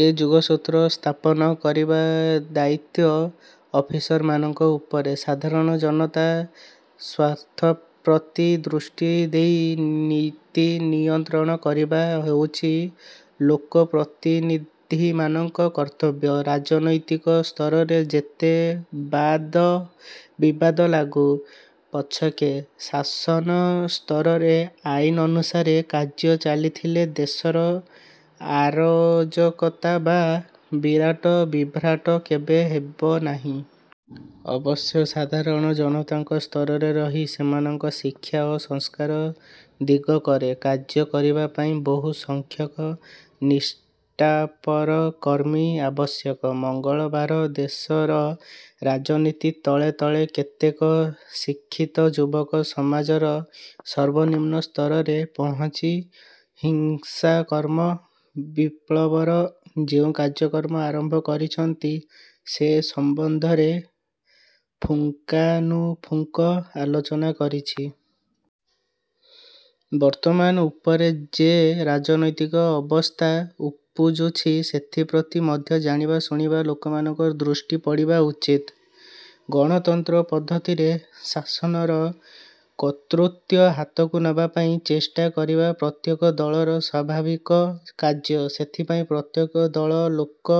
ଏ ଯୋଗସୂତ୍ର ସ୍ଥାପନ କରିବାର ଦାୟିତ୍ୱ ଅଫିସରମାନଙ୍କ ଉପରେ। ସାଧାରଣ ଜନତାର ସ୍ୱାର୍ଥପ୍ରତି ଦୃଷ୍ଟି ଦେଇ ନୀତି ନିୟନ୍ତ୍ରଣ କରିବା ହେଉଛି ଲୋକପ୍ରତିନିଧିମାନଙ୍କ କର୍ତ୍ତବ୍ୟ। ରାଜନୈତିକ ସ୍ତରରେ ଯେତେ ବାଦ ବିବାଦ ଲାଗୁ ପଛକେ ଶାସନ ସ୍ତରରେ ଆଇନ ଅନୁସାରେ କାର୍ଯ୍ୟ ଚାଲିଥିଲେ ଦେଶରେ ଅରାଜକତା ବା ବିରାଟ ବିଭ୍ରାଟ କେବେ ହେବନାହିଁ। ଅବଶ୍ୟ ସାଧାରଣ ଜନତାଙ୍କ ସ୍ତରରେ ରହି ସେମାନଙ୍କ ଶିକ୍ଷା ଓ ସଂସ୍କାର ଦିଗରେ କାର୍ଯ୍ୟ କରିବାପାଇଁ ବହୁ ସଂଖ୍ୟକ ନିଷ୍ଠାପର କର୍ମୀ ଆବଶ୍ୟକ। ମଙ୍ଗଳବାର ଦେଶର ରାଜନୀତି ତଳେ ତଳେ କେତେକ ଶିକ୍ଷିତ ଯୁବକ ସମାଜର ସର୍ବନିମ୍ନ ସ୍ତରରେ ପହୁଞ୍ଚି ହିଂସାତ୍ମକ ବିପ୍ଳବର ଯେଉଁ କାର୍ଯ୍ୟକ୍ରମ ଆରମ୍ଭ କରିଛନ୍ତି ସେ ସମ୍ବନ୍ଧରେ ପୁଙ୍ଖାନୁପୁଙ୍ଖ ଆଲୋଚନା କରିଛି। ବର୍ତ୍ତମାନ ଉପରେ ଯେ ରାଜନୈତିକ ଅବସ୍ଥା ଉପୁଜିଛି, ସେଥିପ୍ରତି ମଧ୍ୟ ଜାଣିବା ଶୁଣିବା ଲୋକଙ୍କ ଦୃଷ୍ଟି ପଡ଼ିବା ଉଚିତ। ଗଣତନ୍ତ୍ର ପଦ୍ଧତିରେ ଶାସନର କର୍ତ୍ତୃତ୍ୱ ହାତକୁ ନେବାପାଇଁ ଚେଷ୍ଟା କରିବା ପ୍ରତ୍ୟେକ ଦଳର ସ୍ୱାଭାବିକ କାର୍ଯ୍ୟ। ସେଥିପାଇଁ ପ୍ରତ୍ୟେକ ଦଳ ଲୋକ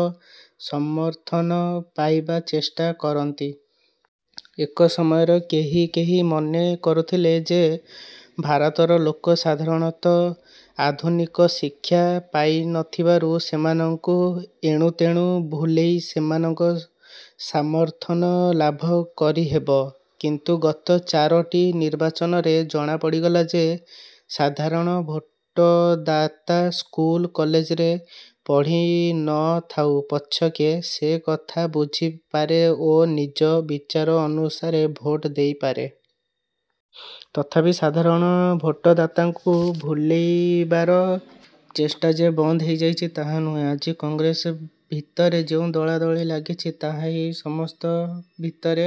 ସମର୍ଥନ ପାଇବା ଚେଷ୍ଟା କରନ୍ତି। ଏକ ସମୟରେ କେହି କେହି ମନେ କରୁଥିଲେ ଯେ ଭାରତର ଲୋକେ ସାଧାରଣତଃ ଆଧୁନିକ ଶିକ୍ଷା ପାଇନଥିବାରୁ ସେମାନଙ୍କୁ ଏଣୁ ତେଣୁ ଭୁଲେଇ ସେମାନଙ୍କ ସମର୍ଥନ ଲାଭ କରିହେବ; କିନ୍ତୁ ଗତ ଚାରୋଟି ନିର୍ବାଚନରେ ଜଣାଗଲାଣି ଯେ ସାଧାରଣ ଭୋଟଦାତା ସ୍କୁଲ କଲେଜରେ ପଢ଼ି ନ ଥାଉ ପଛକେ ସେ କଥା ବୁଝିପାରେ ଓ ନିଜ ବିଚାର ଅନୁସାରେ ଭୋଟ ଦେଇପାରେ। ତଥାପି ସାଧାରଣ ଭୋଟଦାତାଙ୍କୁ ଭୁଲେଇବାର ଚେଷ୍ଟା ଯେ ବନ୍ଦ ହୋଇଯାଇଛି, ତାହା ନୁହେଁ। ଆଜି କଂଗ୍ରେସ ଭିତରେ ଯେଉଁ ଦଳାଦଳି ଲାଗିଛି, ତାହାହିଁ ସମସ୍ତଙ୍କ ଭିତରେ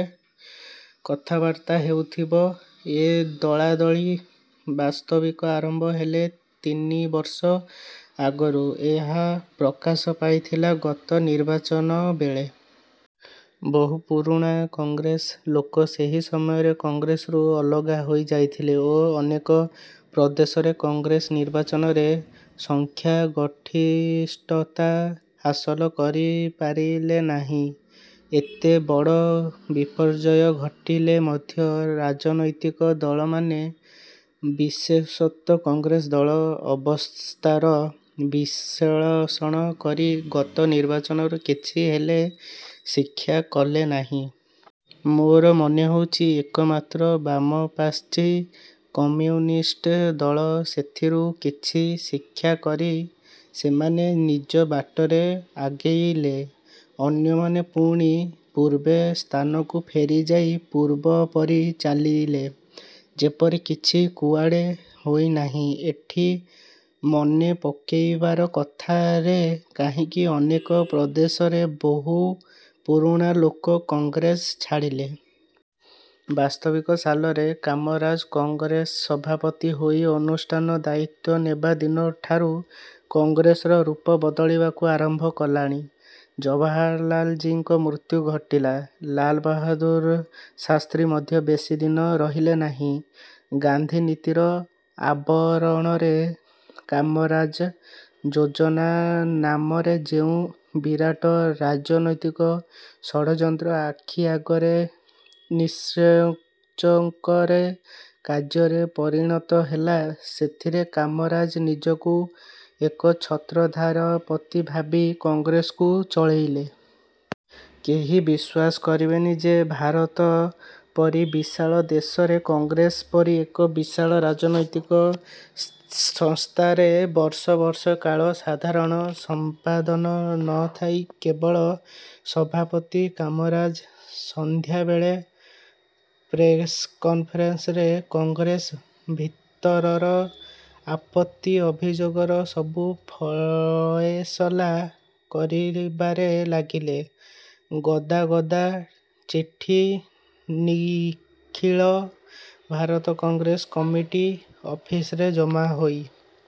କଥାବାର୍ତ୍ତା ହେଉଥିବ। ଏ ଦଳାଦଳି ବାସ୍ତବିକ ଆରମ୍ଭ ହେଲା ତିନିବର୍ଷ ଆଗରୁ। ଏହା ପ୍ରକାଶ ପାଇଥିଲା ଗତ ନିର୍ବାଚନବେଳେ। ବହୁ ପୁରୁଣା କଂଗ୍ରେସ ଲୋକ ସେହି ସମୟରେ କଂଗ୍ରେସରୁ ଅଲଗା ହୋଇଯାଇଥିଲେ ଓ ଅନେକ ପ୍ରଦେଶରେ କଂଗ୍ରେସ ନିର୍ବାଚନରେ ସଂଖ୍ୟାଗରିଷ୍ଠତା ହାସଲ କରିପାରିଲାନାହିଁ। ଏତେ ବଡ଼ ବିପର୍ଯ୍ୟୟ ଘଟିଥିଲେ ମଧ୍ୟ ରାଜନୈତିକ ଦଳମାନେ ବିଶେଷତଃ କଂଗ୍ରେସ ଦଳ ଅବସ୍ଥାର ବିଶ୍ଳେଷଣ କରି ଗତ ନିର୍ବାଚନରୁ କିଛି ହେଲେ ଶିକ୍ଷା କଲେନାହିଁ। ମୋର ମନେହେଉଛି ଏକମାତ୍ର ବାମପନ୍ଥୀ କମ୍ୟୁନିଷ୍ଟ ଦଳ ସେଥିରୁ କିଛି ଶିକ୍ଷାକରି ସେମାନେ ନିଜ ବାଟରେ ଆଗେଇଲେ। ଅନ୍ୟମାନେ ପୁଣି ପୂର୍ବେ ସ୍ଥାନକୁ ଫେରିଯାଇ ପୂର୍ବପରି ଚାଲିଲେ। ଯେପରି କିଛି କୁଆଡ଼େ ହୋଇନାହିଁ। ଏଠି ମନେପକାଇବାର କଥା ରେ କାହିଁକି ଅନେକ ପ୍ରଦେଶରେ ବହୁ ପୁରୁଣା ଲୋକ କଂଗ୍ରେସ ଛାଡ଼ିଲେ। ବାସ୍ତବିକ ସାଲରେ କାମରାଜ କଂଗ୍ରେସ ସଭାପତି ହୋଇ ଅନୁଷ୍ଠାନର ଦାୟିତ୍ୱ ନେବା ଦିନଠାରୁ କଂଗ୍ରେସର ରୂପ ବଦଳିବାକୁ ଆରମ୍ଭ କଲାଣି। ଜବାହରଲାଲଜୀଙ୍କ ମୃତ୍ୟୁ ଘଟିଲା। ଲାଲବାହାଦୂର ଶାସ୍ତ୍ରୀ ମଧ୍ୟ ବେଶି ଦିନ ରହିଲେନାହିଁ। ଗାନ୍ଧିନୀତିର ଆବରଣରେ କାମରାଜ ଯୋଜନା ନାମରେ ଯେଉଁ ବିରାଟ ରାଜନୈତିକ ଷଡ଼ଯନ୍ତ୍ର ଆଖି ଆଗରେ ନିଃସଙ୍କୋଚରେ କାର୍ଯ୍ୟରେ ପରିଣତ ହେଲା, ସେଥିରେ କାମରାଜ ନିଜକୁ ଏକଚ୍ଛତ୍ରାଧିପତି ଭାବି କଂଗ୍ରେସକୁ ଚଳାଇଲେ। କେହି ବିଶ୍ୱାସ କରିବେନି ଯେ ଭାରତ ପରି ବିଶାଳ ଦେଶରେ କଂଗ୍ରେସ ପରି ଏକ ବିଶାଳ ରାଜନୈତିକ ସଂସ୍ଥାରେ ବର୍ଷ ବର୍ଷ କାଳ ସାଧାରଣ ସମ୍ପାଦନ ନ ଥାଇ କେବଳ ସଭାପତି କାମରାଜ ସନ୍ଧ୍ୟାବେଳେ ପ୍ରେସକନ୍ଫରେନ୍ସରେ କଂଗ୍ରେସ ଭିତରର ଆପତ୍ତି ଅଭିଯୋଗର ସବୁ ଫଏସଲା କରିବାରେ ଲାଗିଲେ! ଗଦା ଗଦା ଚିଠି ନିଖିଳ ଭାରତ କଂଗ୍ରେସ କମିଟି ଅଫିସରେ ଜମାହୋଇ